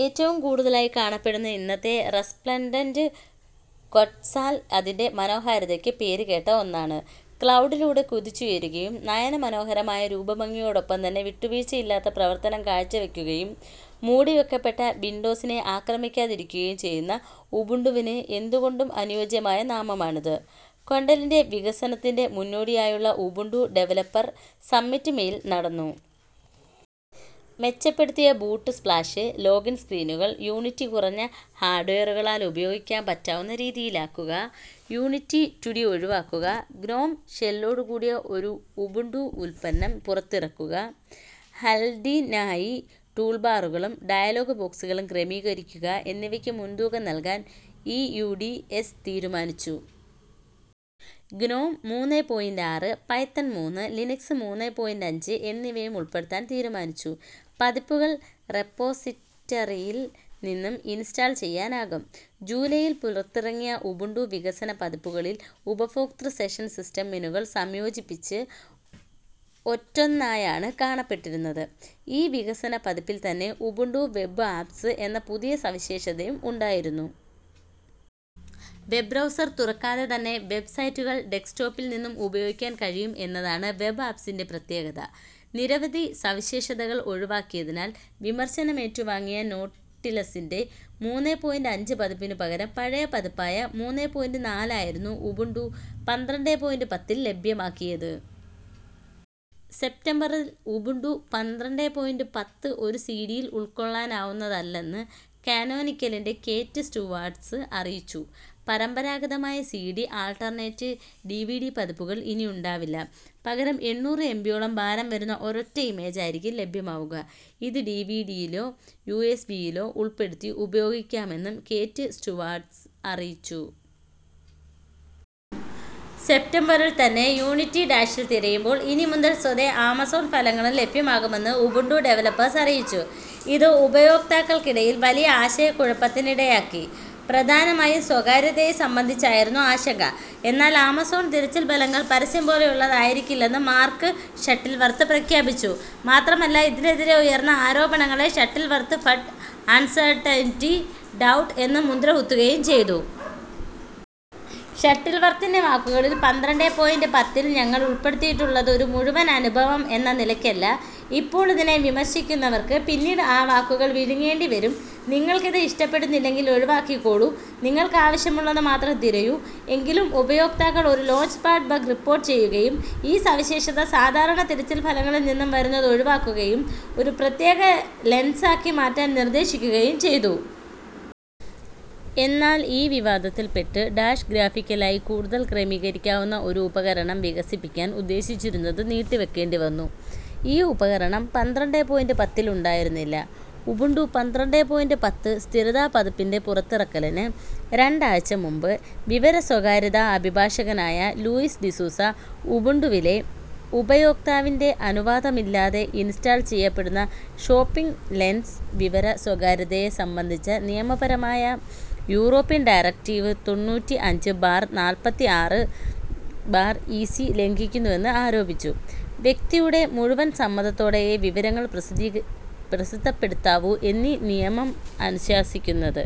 ഏറ്റവും കൂടുതലായി കാണപ്പെടുന്ന ഇനമായ റെസ്പ്ലെൻഡൻ്റ് ക്വട്സാൽ അതിൻ്റെ മനോഹാരിതക്ക് പേര് കേട്ട ഒന്നാണ്. ക്ലൗഡിലൂടെ കുതിച്ചുയരുകയും നയന മനോഹരമായ രൂപഭംഗിയോടൊപ്പം തന്നെ വിട്ടുവീഴ്ചയില്ലാത്ത പ്രവർത്തനം കാഴ്ചവെക്കുകയും മൂടിവെക്കപ്പെട്ട വിൻഡോസിനെ ആക്രമിക്കാതിരിക്കുകയും ചെയ്യുന്ന ഉബുണ്ടുവിന് എന്തുകൊണ്ടും അനുയോജ്യമായ നാമമാണിത്. ക്വാണ്ടലിൻ്റെ വികസനത്തിൻ്റെ മുന്നോടിയായുള്ള ഉബുണ്ടു ഡെവലപ്പർ സമ്മിറ്റ് മെയിൽ നടന്നു. മെച്ചപ്പെടുത്തിയ ബൂട്ട് സ്പ്ലാഷ് ലോഗിൻ സ്ക്രീനുകൾ, യൂണിറ്റി കുറഞ്ഞ ഹാർഡ്വെയറുകളാൽ ഉപയോഗിക്കാൻ പറ്റാവുന്ന രീതിയിലാക്കുക, യൂണിറ്റി റ്റുഡി ഒഴിവാക്കുക, ഗ്നോം ഷെല്ലോടു കൂടിയ ഒരു ഉബുണ്ടുവുൽപന്നം പുറത്തിറക്കുക, ഹൽഡിനായി ടൂൾബാറുകളും ഡയലോഗ് ബോക്സുകളും ക്രമീകരിക്കുക എന്നിവക്ക് മുൻതൂക്കം നൽകാൻ ഈ യു. ഡി. എസ് തീരുമാനിച്ചു. ഗ്നോം മൂന്നേ പോയിൻ്റ് ആറ്, പൈത്തൺ മൂന്ന്, ലിനക്സ് മൂന്നേ പോയിൻ്റ് അഞ്ച് എന്നിവയും ഉൾപ്പെടുത്താൻ തീരുമാനിച്ചു. പതിപ്പുകൾ റെപ്പോസിറ്ററിയിൽ നിന്ന് ഇൻസ്റ്റാൾ ചെയ്യാനാകും. ജൂലൈയിൽ പുറത്തിറങ്ങിയ ഉബുണ്ടു വികസന പതിപ്പുകളിൽ ഉപയോക്തൃ സെഷൻ സിസ്റ്റം മെനുകൾ സംയോജിച്ച് ഒറ്റൊന്നായാണ് കാണപ്പെട്ടിരുന്നത്. ഈ വികസന പതിപ്പിൽ തന്നെ ഉബുണ്ടു വെബ് ആപ്സ് എന്ന പുതിയ സവിശേഷതയും ഉണ്ടായിരുന്നു. വെബ് ബ്രൗസർ തുറക്കാതെത്തന്നെ വെബ് സൈറ്റുകൾ ഡെക്സ്‌റ്റോപ്പിൽ നിന്ന് ഉപയോഗിക്കാൻ കഴിയും എന്നതാണ് വെബ് ആപ്സിൻ്റെ പ്രത്യേകത. നിരവധി സവിശേഷതകൾ ഒഴിവാക്കിയതിനാൽ വിമർശനമേറ്റു വാങ്ങിയ നോട്ടിലസിൻ്റെ മൂന്നേ പോയിൻ്റ് അഞ്ച് പതിപ്പിനു പകരം പഴയ പതിപ്പായ മൂന്നേ പോയിൻ്റ് നാല് ആയിരുന്നു ഉബുണ്ടു പന്ത്രണ്ടേ പോയിൻ്റ് പത്തിൽ ലഭ്യമാക്കിയത്. സെപ്റ്റംബറിൽ ഉബുണ്ടു പന്ത്രണ്ടേ പോയിൻ്റ് പത്ത് ഒരു സിഡിയിൽ ഉൾക്കൊള്ളുന്നതാവില്ലെന്ന് കാനോനിക്കലിലെ കേറ്റ് സ്റ്റുവാർട്ട് അറിയിച്ചു. പരമ്പരാഗതമായ സിഡി, അൾട്ടർനേറ്റ്, ഡിവിഡി പതിപ്പുകൾ ഇനിയുണ്ടാവില്ല. പകരം എണ്ണൂറ് എംബിയോളം ഭാരം വരുന്ന ഒരൊറ്റ ഇമേജായിരിക്കും ലഭ്യമാവുക. ഇത് ഡിവിഡിയിലോ യുഎസ്ബിയിലോ ഉൾപ്പെടുത്തി ഉപയോഗിക്കാമെന്നും കേറ്റ് സ്റ്റുവാർട്ട് അറിയിച്ചു. സെപ്റ്റംബറിൽ തന്നെ യൂണിറ്റി ഡാഷിൽ തിരയുമ്പോൾ ഇനി മുതൽ സ്വതേ ആമസോൺ ഫലങ്ങളും ലഭ്യമാകുമെന്ന് ഉബുണ്ടു ഡെവലപ്പേഴ്സ് അറിയിച്ചു. ഇത് ഉപയോക്താക്കൾക്കിടയിൽ വലിയ ആശയക്കുഴപ്പത്തിനിടയാക്കി. പ്രധാനമായും സ്വകാര്യതയെ സംബന്ധിച്ചായിരുന്നു ആശങ്ക. എന്നാൽ ആമസോൺ തിരച്ചിൽ ഫലങ്ങൾ പരസ്യം പോലെയുള്ളതായിരിക്കല്ലെന്ന് മാർക്ക് ഷട്ടിൽവർത്ത് പ്രഖ്യാപിച്ചു. മാത്രമല്ല, ഇതിനെതിരെ ഉയർന്ന ആരോപണങ്ങളെ ഷട്ടിൽവർത്ത് ഫഡ്, അൺസേർടൈൻ്റി, ഡൗട്ട് എന്ന് മുദ്ര കുത്തുകയും ചെയ്തു. ഷട്ടിൽവർത്തിൻ്റെ വാക്കുകളിൽ "പന്ത്രണ്ടേ പോയിൻ്റ് പത്തിൽ ഞങ്ങൾ ഉൾപ്പെടുത്തിയിട്ടുള്ളത് ഒരു മുഴുവൻ അനുഭവം എന്ന നിലക്കല്ല, ഇപ്പോൾ ഇതിനെ വിമർശിക്കുന്നവർക്ക് പിന്നീട് ആ വാക്കുകൾ വിഴുങ്ങേണ്ടി വരും. നിങ്ങൾക്കിത് ഇഷ്ടപ്പെടുന്നില്ലെങ്കിൽ ഒഴിവാക്കിക്കോളൂ, നിങ്ങൾക്കാവശ്യമുള്ളത് മാത്രം തിരയൂ." എങ്കിലും ഉപയോക്താക്കൾ ഒരു ലോഞ്ച്പാഡ് ബഗ് റിപ്പോട്ട് ചെയ്യുകയും, ഈ സവിശേഷത സാധാരണ തിരച്ചിൽ ഫലങ്ങളിൽ നിന്ന് വരുന്നത് ഒഴിവാക്കുകയും ഒരു പ്രത്യേക ലെൻസാക്കി മാറ്റാൻ നിർദ്ദേശിക്കുകയും ചെയ്തു. എന്നാൽ ഈ വിവാദത്തിൽപ്പെട്ട് ഡാഷ് ഗ്രാഫിക്കലായി കൂടുതൽ ക്രമീകരിക്കാവുന്ന ഒരു ഉപകരണം വികസിപ്പിക്കാൻ ഉദ്ദേശിച്ചിരുന്നത് നീട്ടിവെക്കേണ്ടി വന്നു. ഈ ഉപകരണം പന്ത്രണ്ടേ പോയിൻ്റ് പത്തിൽ ഉണ്ടായിരുന്നില്ല. ഉബുണ്ടു പന്ത്രണ്ടേ പോയിൻ്റ് പത്ത് സ്ഥിരതാ പതിപ്പിൻ്റെ പുറത്തിറക്കലിന് രണ്ടാഴ്ച മുമ്പ്, വിവര സ്വകാര്യതാ അഭിഭാഷകനായ ലൂയിസ് ഡിസൂസ ഉബുണ്ടുവിലെ ഉപയോക്താവിൻ്റെ അനുവാദമില്ലാതെ ഇൻസ്റ്റാൾ ചെയ്യപ്പെടുന്ന ഷോപ്പിംഗ് ലെൻസ് വിവര സ്വകാര്യതയെ സംബന്ധിച്ച നിയമപരമായ യൂറോപ്യൻ ഡയറക്റ്റീവ് തൊണ്ണൂറ്റിഅഞ്ച് ബാർ നാല്പത്തിആറ് ബാർ ഈസി ലംഘിക്കുന്നുവെന്ന് ആരോപിച്ചു. വ്യക്തിയുടെ മുഴുവൻ സമ്മതത്തോടെയേ വിവരങ്ങൾ പ്രസിദ്ധപ്പെടുത്താവൂ എന്നാണീ നിയമം അനുശാസിക്കുന്നത്.